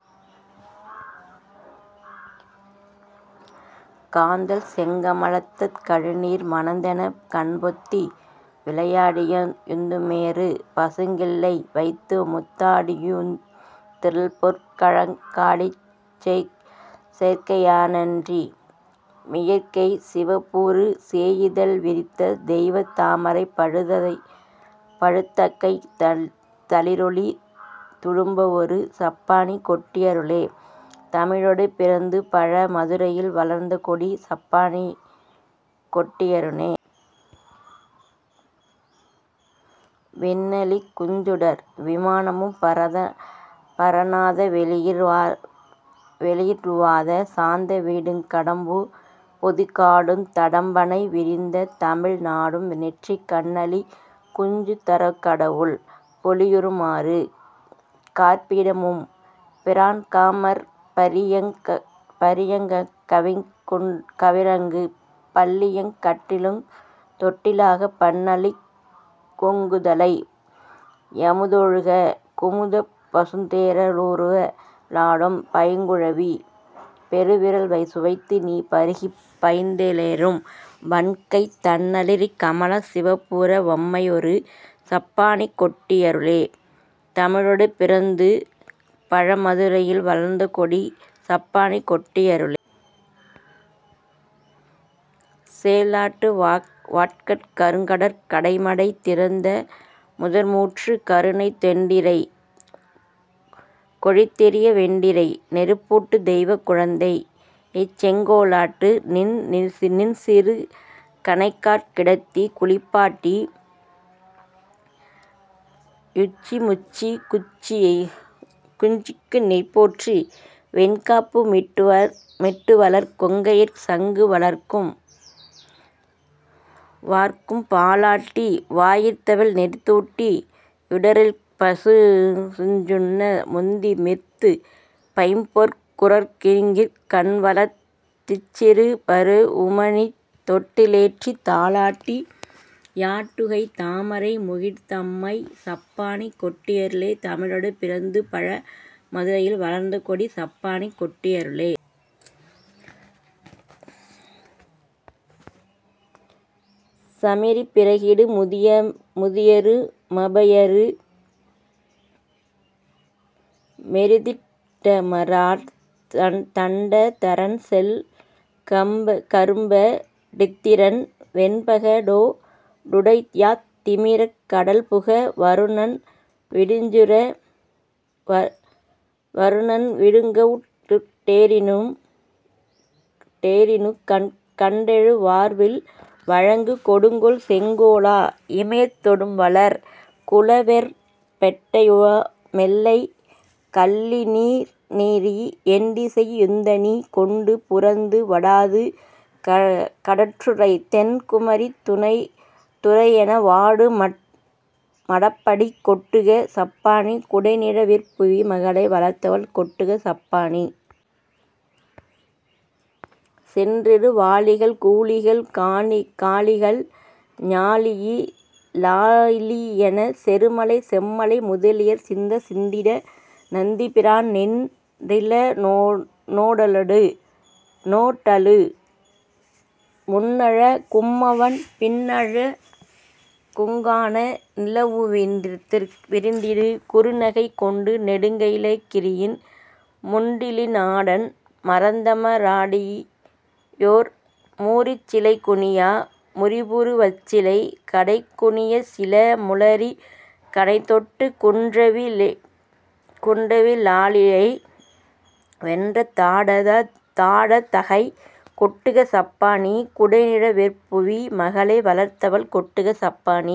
காந்தள் செங்கமலத்த கழுநீர் மணந்தெனக் கண்பொத்தி விளையா டியுந் தேமரு பசுங்கிள்ளை வைத்துமுத் தாடியுந் திரள்பொற் கழங் காடியுஞ் செயற்கையானன்றி மியற்கைச் சிவப்பூறு சேயிதழ் விரிந்த தெய்வத் தாமரை பழுத்தகைத் தளிரொளி துளும்பவொரு சப்பாணி கொட்டி யருளே தமிழொடு பிறந்துபழ மதுரையில் வளர்ந்தகொடி சப்பாணி கொட்டியருனே. விண்ணளிக் குஞ்சுடர் விமானமும் பரநாத வெளியிற் றுவாத சாந்த வீடுங் கடம்புபொதி காடுந் தடம்பணை விரிந்த தமிழ் நாடும் நெற்றிக் கண்ணளிக் குஞ்சுந் தரக்கடவுள் பொலியுமாறு காற்பீட முமெம் பிரான் காமர்பரி யங்கக் கவின்றங்கு பள்ளியங் கட்டிலுந் தொட்டிலாகப் பண்ணளிக் குங்குதலை யமுதொழுகு குமுதப் பசுந்தேற லூற லாடும் பைங்குழவி பெருவிரல் சுவைத்து நீ பருகிப் பைந்தேறலூறு வண்கைத் தண்ணளிக் கமலஞ் சிவப்பூற வம்மையொரு சப்பாணி கொட்டி யருளே தமிழொடு பிறந்துபழ மதுரையில் வளர்ந்தகொடி சப்பாணி கொட்டி யருளே. சேலாட்டு வாட்கட் கருங்கடற் கடைமடை திறந்தமுத மூற்று கருணைத் தெண்டிரை கொழித்தெறிய வெண்டிரை நெருப்பூட்டு தெய்வக் குழந்தை யைச்செங் கோலாட்டு நின்சிறு கணைக்காற் கிடத்திக் குளிப்பாட்டி யுச்சி முச்சிக் குஞ்சிக்கு நெய்போற்றி வெண்காப்பு மிட்டுவளர் கொங்கையிற் சங்கு வார்க்கும் பாலாட்டி வாயிதழ் நெரித்தூட்டி யுடலிற் பசுஞ்சுண்ண முந்தி மிர்ந்து பைம்பொற் குறங்கினிற் கண்வளர்த் திச்சிறு பரூஉமணித் தொட்டிலேற்றித் தாலாட்டி யாட்டுகைத் தாமரை முகிழ்த்தம்மை சப்பாணி கொட்டி யருளே தமிழொடு பிறந்துபழ மதுரையில் வளர்ந்தகொடி சப்பாணி கொட்டியருளே. சமரிற் பிறகிடு முதியரு மபயரு மெதிரிட் டமராடத் தண்டதரன்செல் கரும்ப டிந்திரன் வெண்பக டோ டுடையாத் திமிரக் கடல்புக வருணன் விடுஞ்சுற வருணன் விடுங்கடவுட் டேரினுகண்டெழ வார்வில் வழங்கு கொடுங்கோல் செங்கோலா இமயத்தொடும்வளர் குலவெற் பெட்டையு மெல்லைக் கல்லினிறீஇ எண்டிசை யுந்தனி கொண்டு புரந்து வடாது கடற்றுறை தென் குமரித் துறையென வாடு மடப்படி கொட்டுக சப்பாணி குடைநிழ விற்புவி மகளை வளர்த்தவள் கொட்டுக சப்பாணி. சென்றிடு வாளிகள் கூளிகள் காளிகள் ஞாளியி லாளியெனச் செருமலை செம்மலை முதலியர் சிந்தச் சிந்திட நந்திபிரான் நின்றில னோடலு முன்னழ கும்மவன் பின்னழ குங்காணா நிலவுவி ரிந்திடு குறுநகை கொண்டு நெடுங்கயி லைக்கிரியின் முன்றிலி னாடன் மறந்தம ராடியொர் மூரிச் சிலைகுனியா முரிபுரு வச்சிலை கடைகுனியச்சில முளரிக் கணைதொட்டுக் குன்றவி லாளியை வென்ற தாடதகை கொட்டுக சப்பாணி குடைநிழ லிற்புவி மகளை வளர்த்தவள் கொட்டுக சப்பாணி.